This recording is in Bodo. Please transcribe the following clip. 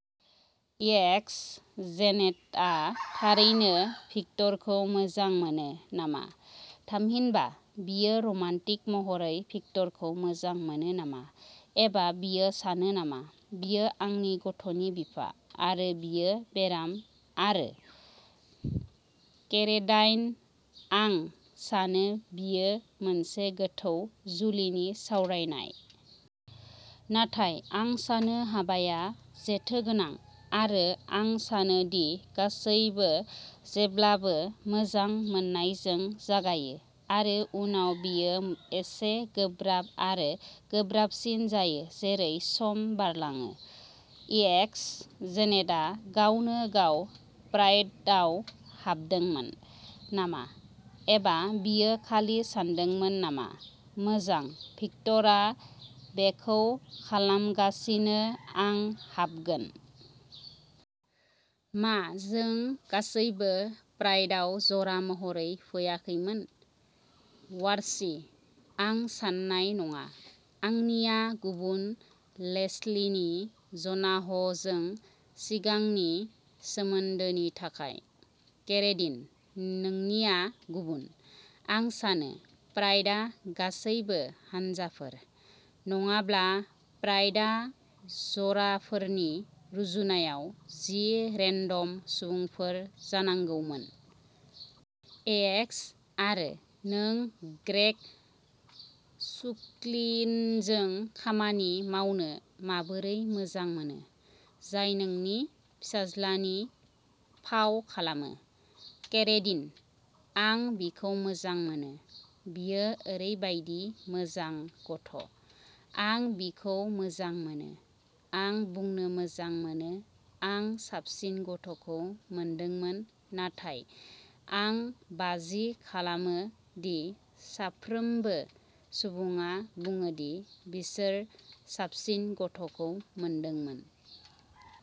एएक्सः जेनेटआ थारैनो भिक्टरखौ मोजां मोनो नामा? थामहिनबा, बियो रमान्टिक महरै भिक्टरखौ मोजां मोनो नामा, एबा बियो सानो नामा, "बियो आंनि गथ'नि बिफा, आरो बियो बेराम आरो? "? केरेडाइनः आं सानो बेयो मोनसे गोथौ जुलिनि सावरायनाय। नाथाय आं सानो हाबाया जेथो गोनां, आरो आं सानो दि गासैबो जेब्लाबो मोजां मोननायजों जागायो, आरो उनाव बेयो एसे गोब्राब आरो गोब्राबसिन जायो जेरै सम बारलाङो। एएक्सः जेनेटआ गावनो गाव प्राइडआव हाबदोंमोन नामा, एबा बियो खालि सानदोंमोन नामा, "मोजां, भिक्टरआ बेखौ खालामगासिनो, आं हाबगोन"? मा जों गासैबो प्राइडआव जरा महरै फैयाखैमोन? वार्शिंः आं सान्नाय नङा। आंनिआ गुबुन लेस्लिनि ज'नाहजों सिगांनि सोमोन्दोनि थाखाय। केरेडिनः नोंनिआ गुबुन। आं सानो प्राइडआ गासैबो हानजाफोर। नङाब्ला, प्राइडआ जराफोरनि रुजुनायाव जि रेन्डम सुबुंफोर जानांगौमोन। एएक्सः आरो नों ग्रेग सुल्किनजों खामानि मावनो माबोरै मोजां मोनो, जाय नोंनि फिसाज्लानि फाव खालामो? केरेडिनः आं बिखौ मोजां मोनो। बियो ओरैबायदि मोजां गथ'। आं बिखौ मोजां मोनो। आं बुंनो मोजां मोनो आं साबसिन गथ'खौ मोनदोंमोन, नाथाय आं बाजि खालामो दि साफ्रोमबो सुबुङा बुङो दि बिसोर साबसिन गथ'खौ मोनदोंमोन।